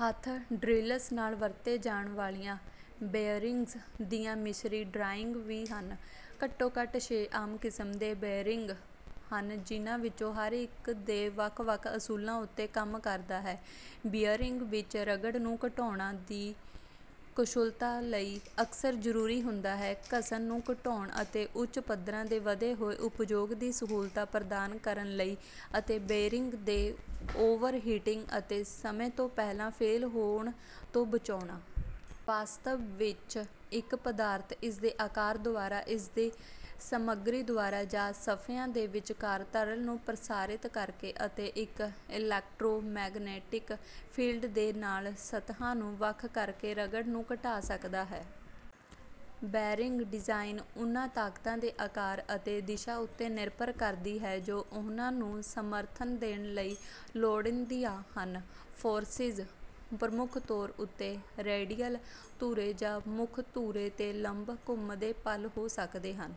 ਹੱਥ ਡ੍ਰਿਲਸ ਨਾਲ ਵਰਤੇ ਜਾਣ ਵਾਲੀਆਂ ਬੇਅਰਿੰਗਜ਼ ਦੀਆਂ ਮਿਸਰੀ ਡਰਾਇੰਗ ਵੀ ਹਨ। ਘੱਟੋ ਘੱਟ ਛੇ ਆਮ ਕਿਸਮ ਦੇ ਬੇਅਰਿੰਗ ਹਨ ਜਿਨ੍ਹਾਂ ਵਿੱਚੋਂ ਹਰ ਇੱਕ ਦੇ ਵੱਖ ਵੱਖ ਅਸੂਲਾਂ ਉੱਤੇ ਕੰਮ ਕਰਦਾ ਹੈ। ਬੀਅਰਿੰਗ ਵਿੱਚ ਰਗੜ ਨੂੰ ਘਟਾਉਣਾ ਦੀ ਕਸ਼ੁਲਤਾ ਲਈ ਅਕਸਰ ਜ਼ਰੂਰੀ ਹੁੰਦਾ ਹੈ ਘਸਨ ਨੂੰ ਘਟਾਉਣ ਅਤੇ ਉੱਚ ਪੱਧਰਾਂ ਤੇ ਵਧੇ ਹੋਏ ਉਪਯੋਗ ਦੀ ਸਹੂਲਤ ਪ੍ਰਦਾਨ ਕਰਨ ਲਈ ਅਤੇ ਬੇਰਿੰਗ ਦੇ ਓਵਰਹੀਟਿੰਗ ਅਤੇ ਸਮੇਂ ਤੋਂ ਪਹਿਲਾਂ ਫੇਲ ਹੋਣ ਤੋਂ ਬਚਾਉਣਾ। ਵਾਸਤਵ ਵਿੱਚ ਇੱਕ ਪਦਾਰਥ ਇਸਦੇ ਆਕਾਰ ਦੁਆਰਾ ਇਸਦੇ ਸਮਗਰੀ ਦੁਆਰਾ ਜਾਂ ਸਫਿਆਂ ਦੇ ਵਿਚਕਾਰ ਤਰਲ ਨੂੰ ਪ੍ਰਸਾਰਿਤ ਕਰਕੇ ਅਤੇ ਇੱਕ ਇਲੈਕਟ੍ਰੋਮੈਗਨੈਟਿਕ ਫੀਲਡ ਦੇ ਨਾਲ ਸਤਹਾਂ ਨੂੰ ਵੱਖ ਕਰਕੇ ਰਗੜ ਨੂੰ ਘਟਾ ਸਕਦਾ ਹੈ। ਬੈਰਿੰਗ ਡਿਜ਼ਾਈਨ ਉਨ੍ਹਾਂ ਤਾਕਤਾਂ ਦੇ ਆਕਾਰ ਅਤੇ ਦਿਸ਼ਾ ਉੱਤੇ ਨਿਰਭਰ ਕਰਦੀ ਹੈ ਜੋ ਉਹਨਾਂ ਨੂੰ ਸਮਰਥਨ ਦੇਣ ਲਈ ਲੋੜੀਂਦੀਆਂ ਹਨ। ਫੋਰਸਿਜ਼ ਪ੍ਰਮੁਖ ਤੌਰ ਉੱਤੇ ਰੇਡਿਅਲ ਧੁਰੇ ਜਾਂ ਮੁੱਖ ਧੁਰੇ ਤੇ ਲੰਬ ਘੁੰਮਦੇ ਪਲ ਹੋ ਸਕਦੇ ਹਨ।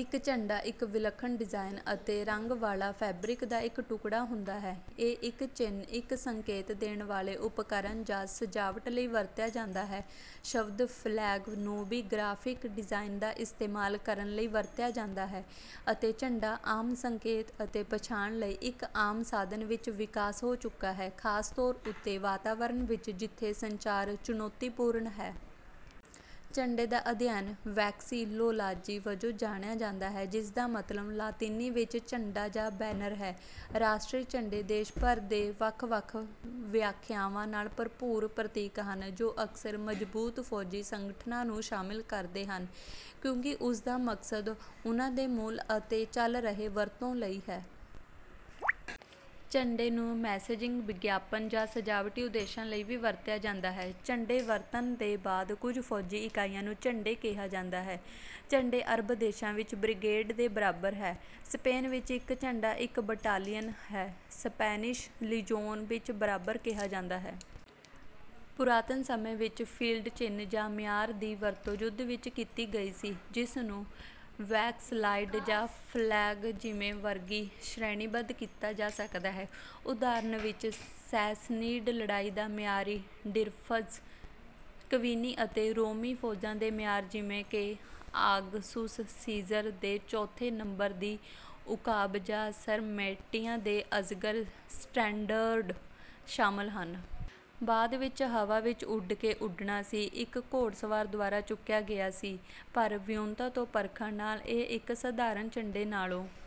ਇੱਕ ਝੰਡਾ ਇੱਕ ਵਿਲੱਖਣ ਡਿਜ਼ਾਇਨ ਅਤੇ ਰੰਗ ਵਾਲਾ ਫੈਬਰਿਕ ਦਾ ਇੱਕ ਟੁਕੜਾ ਹੁੰਦਾ ਹੈ। ਇਹ ਇੱਕ ਚਿੰਨ੍ਹ ਇੱਕ ਸੰਕੇਤ ਦੇਣ ਵੇਲੇ ਉਪਕਰਣ ਜਾਂ ਸਜਾਵਟ ਲਈ ਵਰਤਿਆ ਜਾਂਦਾ ਹੈ। ਸ਼ਬਦ ਫਲੈਗ ਨੂੰ ਵੀ ਗ੍ਰਾਫਿਕ ਡਿਜ਼ਾਇਨ ਦਾ ਇਸਤੇਮਾਲ ਕਰਨ ਲਈ ਵਰਤਿਆ ਜਾਂਦਾ ਹੈ ਅਤੇ ਝੰਡਾ ਆਮ ਸੰਕੇਤ ਅਤੇ ਪਛਾਣ ਲਈ ਇੱਕ ਆਮ ਸਾਧਨ ਵਿੱਚ ਵਿਕਾਸ ਹੋ ਚੁੱਕਾ ਹੈ ਖਾਸ ਤੌਰ ਉੱਤੇ ਵਾਤਾਵਰਨ ਵਿੱਚ ਜਿੱਥੇ ਸੰਚਾਰ ਚੁਣੌਤੀਪੂਰਨ ਹੈ। ਝੰਡੇ ਦਾ ਅਧਿਐਨ ਵੈਕਸੀਲੋਲਾਜੀ ਵਜੋਂ ਜਾਣਿਆ ਜਾਂਦਾ ਹੈ ਜਿਸਦਾ ਮਤਲਬ ਲਾਤੀਨੀ ਵਿੱਚ ਝੰਡਾ ਜਾਂ ਬੈਨਰ ਹੈ। ਰਾਸ਼ਟਰੀ ਝੰਡੇ ਦੇਸ਼ ਭਰ ਦੇ ਵੱਖ ਵੱਖ ਵਿਆਖਿਆਵਾਂ ਨਾਲ ਭਰਪੂਰ ਪ੍ਰਤੀਕ ਹਨ ਜੋ ਅਕਸਰ ਮਜ਼ਬੂਤ ਫੌਜੀ ਸੰਗਠਨਾਂ ਨੂੰ ਸ਼ਾਮਲ ਕਰਦੇ ਹਨ ਕਿਉਂਕਿ ਉਸਦਾ ਮਕਸਦ ਉਨ੍ਹਾਂ ਦੇ ਮੂਲ ਅਤੇ ਚਲ ਰਹੇ ਵਰਤੋਂ ਲਈ ਹੈ। ਝੰਡੇ ਨੂੰ ਮੈਸੇਜਿੰਗ ਵਿਗਿਆਪਨ ਜਾਂ ਸਜਾਵਟੀ ਉਦੇਸ਼ਾਂ ਲਈ ਵੀ ਵਰਤਿਆ ਜਾਂਦਾ ਹੈ। ਝੰਡੇ ਵਰਤਣ ਦੇ ਬਾਅਦ ਕੁਝ ਫੌਜੀ ਇਕਾਈਆਂ ਨੂੰ ਝੰਡੇ ਕਿਹਾ ਜਾਂਦਾ ਹੈ। ਝੰਡੇ ਅਰਬ ਦੇਸ਼ਾਂ ਵਿੱਚ ਬ੍ਰਿਗੇਡ ਦੇ ਬਰਾਬਰ ਹੈ। ਸਪੇਨ ਵਿੱਚ ਇੱਕ ਝੰਡਾ ਇੱਕ ਬਟਾਲੀਅਨ ਹੈ ਸਪੈਨਿਸ਼ ਲੀਜੋਨ ਵਿੱਚ ਬਰਾਬਰ ਕਿਹਾ ਜਾਂਦਾ ਹੈ। ਪੁਰਾਤਨ ਸਮੇਂ ਵਿੱਚ ਫੀਲਡ ਚਿੰਨ੍ਹ ਜਾਂ ਮਿਆਰ ਦੀ ਵਰਤੋਂ ਯੁੱਧ ਵਿੱਚ ਕੀਤੀ ਗਈ ਸੀ ਜਿਸ ਨੂੰ ਵੈਕਸਲਾਇਡ ਜਾਂ ਫਲੈਗ ਜਿਵੇਂ ਵਰਗੀ ਸ਼੍ਰੇਣੀਬੱਧ ਕੀਤਾ ਜਾ ਸਕਦਾ ਹੈ। ਉਦਾਹਰਨ ਵਿੱਚ ਸੈਸਨੀਡ ਲੜਾਈ ਦਾ ਮਿਆਰੀ ਡਿਰਫਸ਼ ਕਵੀਨੀ ਅਤੇ ਰੋਮੀ ਫੌਜਾਂ ਦੇ ਮਿਆਰ ਜਿਵੇਂ ਕਿ ਆਗਸੁਸ ਸੀਜ਼ਰ ਦੇ ਚੌਥੇ ਨੰਬਰ ਦੀ ਉਕਾਬ ਜਾਂ ਸਰਮੈਟੀਆਂ ਦੇ ਅਜਗਰ ਸਟੈਂਡਰਡ ਸ਼ਾਮਲ ਹਨ। ਬਾਅਦ ਵਿੱਚ ਹਵਾ ਵਿੱਚ ਉੱਡ ਕੇ ਉੱਡਣਾ ਸੀ ਇੱਕ ਘੋੜਸਵਾਰ ਦੁਆਰਾ ਚੁੱਕਿਆ ਗਿਆ ਸੀ ਪਰ ਵਿਉਂਤਾਂ ਤੋਂ ਪਰਖਣ ਨਾਲ ਇਹ ਇੱਕ ਸਧਾਰਨ ਝੰਡੇ ਨਾਲੋਂ